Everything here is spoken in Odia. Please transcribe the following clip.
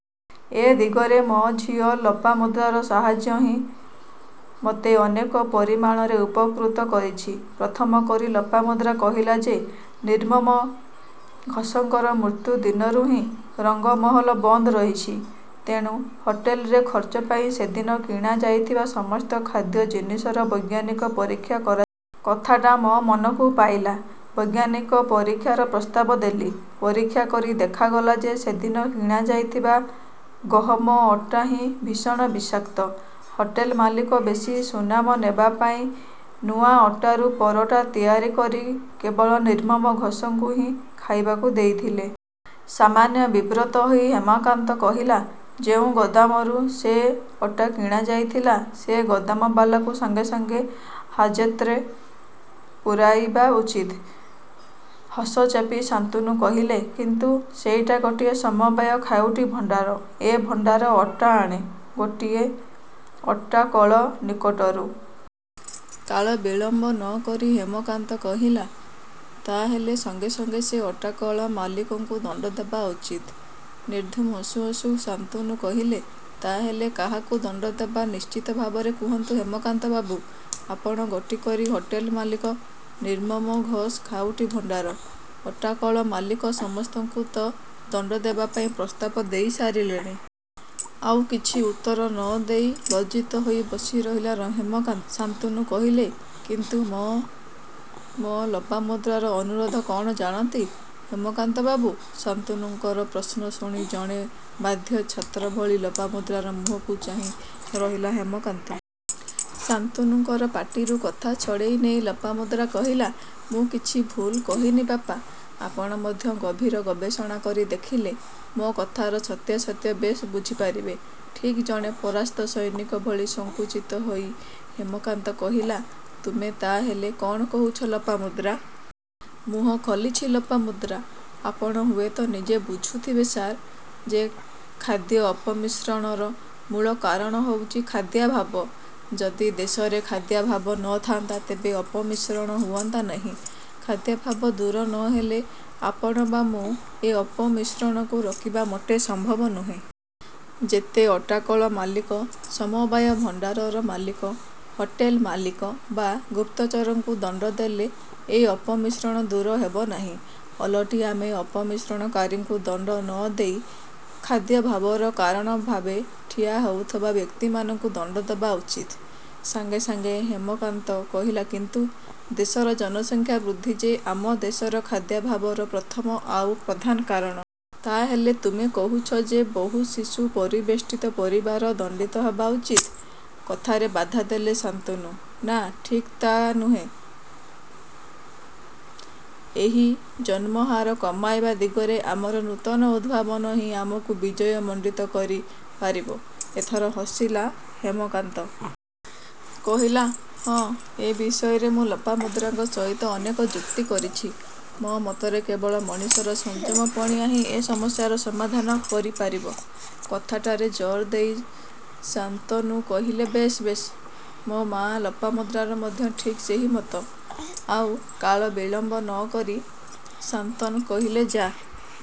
ଏ ଦିଗରେ ମୋ ଝିଅ ଲୋପାମୁଦ୍ରାର ସାହାର୍ଯ୍ୟ ହିଁ ,ମୋତେ ଅନେକ ପରିମାଣରେ ଉପକୃତ କରିଛି। ପ୍ରଥମ କରି ଲୋପା କହିଲା ଯେ ନିର୍ମମ ଘୋଷଙ୍କର ମୃତ୍ୟୁ ଦିନରୁ ହିଁ, ରଙ୍ଗମହଲ ବନ୍ଦ୍ ରହିଛି। ତେଣୁ ହୋଟେଲରେ ଖର୍ଚ୍ଚପାଇଁ ସେଦିନ କିଣା ଯାଇଥିବା ସମସ୍ତ ଖାଦ୍ୟ ଜିନିଷର ବୈଜ୍ଞାନିକ ପରୀକ୍ଷା କରାଯାଉ। କଥାଟା ମୋ ମନକୁ ପାଇଲା। ବୈଜ୍ଞାନିକ ପରୀକ୍ଷାର ପ୍ରସ୍ତାବ ଦେଲି। ପରୀକ୍ଷା କରି ଦେଖାଗଲା ଯେ ସେଦିନ କିଣା ଯାଇଥିବା ଗହମ ଅଟା ହିଁ ଭୀଷଣ ବିଷାକ୍ତ। ହୋଟେଲ ମାଲିକ ବେଶୀ ସୁନାମ ନେବାପାଇଁ ନୂଆ ଅଟାରୁ ପରଟ୍ଟା ତିଆରି କରି କେବଳ ନିର୍ମମ ଘୋଷଙ୍କୁ ହିଁ ଖାଇବାକୁ ଦେଇଥିଲେ। ସାମାନ୍ୟ ବିବ୍ରତ ହୋଇ ହେମକାନ୍ତ କହିଲା "ଯେଉଁ ଗୋଦାମରୁ ସେ ଅଟା କିଣା ଯାଇଥିଲା, ସେ ଗୋଦାମବାଲାକୁ ସଙ୍ଗେ ସଙ୍ଗେ ହାଜତ୍ ରେ ପୂରାଇବା ଉଚିତ। ହସ ଚାପି ଶାନ୍ତନୁ କହିଲେ କିନ୍ତୁ ସେଇଟା ଗୋଟିଏ ସମବାୟ ଖାଉଟି ଭଣ୍ଡାର। ଏ ଭଣ୍ଡାର ଅଟା ଆଣେ ଗୋଟିଏ ଅଟାକଳ ନିକଟରୁ। କାଳବିଳମ୍ବ ନ କରି ହେମକାନ୍ତ କହିଲା, ତା' ହେଲେ ସଙ୍ଗେ ସଙ୍ଗେ ସେ ଅଟାକଳ ମାଲିକଙ୍କୁ ଦଣ୍ଡଦେବା ଉଚିତ। ନିର୍ଧୂମ ହସୁ ହସୁ ଶାନ୍ତନୁ କହିଲେ, ତା'ହେଲେ କାହାକୁ ଦଣ୍ଡଦେବା ନିଶ୍ଚିତ ଭାବରେ କୁହନ୍ତୁ ହେମକାନ୍ତ ବାବୁ। ଆପଣ ଗୋଟି କରି ହୋଟେଲ ମାଲିକ, ନିର୍ମମ ଘୋଷ, ଖାଉଟି ଭଣ୍ଡାର, ଅଟାକଳ ମାଲିକ ସମସ୍ତଙ୍କୁ ତ' ଦଣ୍ଡଦେବା ପାଇଁ ପ୍ରସ୍ତାବ ଦେଇ ସାରିଲେଣି। ଆଉ କିଛି ଉତ୍ତର ନ ଦେଇ ଲଜ୍ଜିତ ହୋଇ ବସି ରହିଲା ହେମକାନ୍ତ। ଶାନ୍ତନୁ କହିଲେ କିନ୍ତୁ ମୋ ମୋ ଲୋପାମୁଦ୍ରାର ଅନୁରୋଧ କ'ଣ ଜାଣନ୍ତି ହେମକାନ୍ତ ବାବୁ? ଶାନ୍ତନୁଙ୍କର ପ୍ରଶ୍ନ ଶୁଣି ଜଣେ ବାଧ୍ୟ ଛାତ୍ର ଭଳି ଲୋପାମୁଦ୍ରାର ମୁହଁକୁ ଚାହିଁ ରହିଲା ହେମକାନ୍ତ। ଶାନ୍ତନୁଙ୍କର ପାଟିରୁ କଥା ଛଡ଼େଇ ନେଇ ଲୋପାମୁଦ୍ରା। କହିଲା ମୁଁ କିଛି ଭୁଲ୍ କହିନି ବାପା, ଆପଣ ମଧ୍ୟ ଗଭୀର ଗବେଷଣା କରି ଦେଖିଲେ ମୋ କଥାର ସତ୍ୟାସତ୍ୟ ବେଶ ବୁଝି ପାରିବେ। ଠିକ୍ ଜଣେ ପରାସ୍ତ ସୈନିକ ଭଳି ସଂକୁଚିତ ହୋଇ ହେମକାନ୍ତ କହିଲା ,ତୁମେ ତା' ହେଲେ କ'ଣ କହୁଛ ଲୋପାମୁଦ୍ରା? ମୁହଁ ଖୋଲିଛି ଲୋପାମୁଦ୍ରା। ଆପଣ ହୁଏତ ନିଜେ ବୁଝୁଥିବେ ସାର୍, ଯେ ଖାଦ୍ୟ ଅପମିଶ୍ରଣର ମୂଳ କାରଣ ହେଉଛି ଖାଦ୍ୟାଭାବ। ଯଦି ଦେଶରେ ଖାଦ୍ୟାଭାବ ନ ଥାନ୍ତା ତେବେ ଅପମିଶ୍ରଣ ହୁଅନ୍ତା ନାହିଁ। ଖାଦ୍ୟାଭାବ ଦୂର ନ ହେଲେ ଆପଣ ବା ମୁଁ ଏ ଅପମିଶ୍ରଣକୁ ରୋକିବା ମୋଟେ ସମ୍ଭବ ନୁହେଁ। ଯେତେ ଅଟାକଳ ମାଲିକ, ସମବାୟ ଭଣ୍ଡାରର ମାଲିକ, ହୋଟେଲ ମାଲିକ ବା ଗୁପ୍ତଚରଙ୍କୁ ଦଣ୍ଡ ଦେଲେ ଏ ଅପମିଶ୍ରଣ ଦୂର ହେବନାହିଁ। ଓଲଟି ଆମେ ଅପମିଶ୍ରଣକାରୀଙ୍କୁ ଦଣ୍ତ ନ ଦେଇ ଖାଦ୍ୟଭାବର କାରଣଭାବେ ଠିଆ ହେଉଥିବା ବ୍ୟକ୍ତିମାନଙ୍କୁ ଦଣ୍ଡ ଦେବା ଉଚିତ। ସଙ୍ଗେ ସଙ୍ଗେ ହେମକାନ୍ତ କହିଲାକିନ୍ତୁ ଦେଶର ଜନସଂଖ୍ୟା ବୃଦ୍ଧି ଯେ ଆମ ଦେଶର ଖାଦ୍ୟାଭାବର ପ୍ରଥମ ଆଉ ପ୍ରଧାନ କାରଣ। ତା'ହେଲେ ତୁମେ କହୁଛ ଯେ ବହୁ ଶିଶୁ ପରିବେଷ୍ଟିତ ପରିବାର ଦଣ୍ଡିତ ହେବା ଉଚିତ। କଥାରେ ବାଧା ଦେଲେ ଶାନ୍ତନୁ ନାଁ ଠିକ୍ ତା' ନୁହେଁ, ଏହି ଜନ୍ମହାର କମାଇବା ଦିଗରେ ଆମର ନୂତନ ଉଦ୍ଭାବନ ହିଁ ଆମକୁ ବିଜୟ ମଣ୍ଡିତ କରି ପାରିବ। ଏଥର ହସିଲା ହେମକାନ୍ତ। କହିଲା ,ହଁ ଏ ବିଷୟରେ ମୁଁ ଲୋପାମୁଦ୍ରାଙ୍କ ସହିତ ଅନେକ ଯୁକ୍ତି କରିଛି। ମୋ ମତରେ କେବଳ ମଣିଷର ସଂଯମ ପଣିଆଁ ହିଁ ଏ ସମସ୍ୟାର ସମାଧାନ କରି ପାରିବ। କଥାଟାରେ ଜୋର ଦେଇ ଶାନ୍ତନୁ କହିଲେବେଶ୍ ବେଶ ମୋ ମାଆ ଲୋପାମୁଦ୍ରାର ମଧ୍ୟ ଠିକ୍ ସେହି ମତ। ଆଉ କାଳବିଳମ୍ବ ନ କରି ଶାନ୍ତନ କହିଲେ ଯା |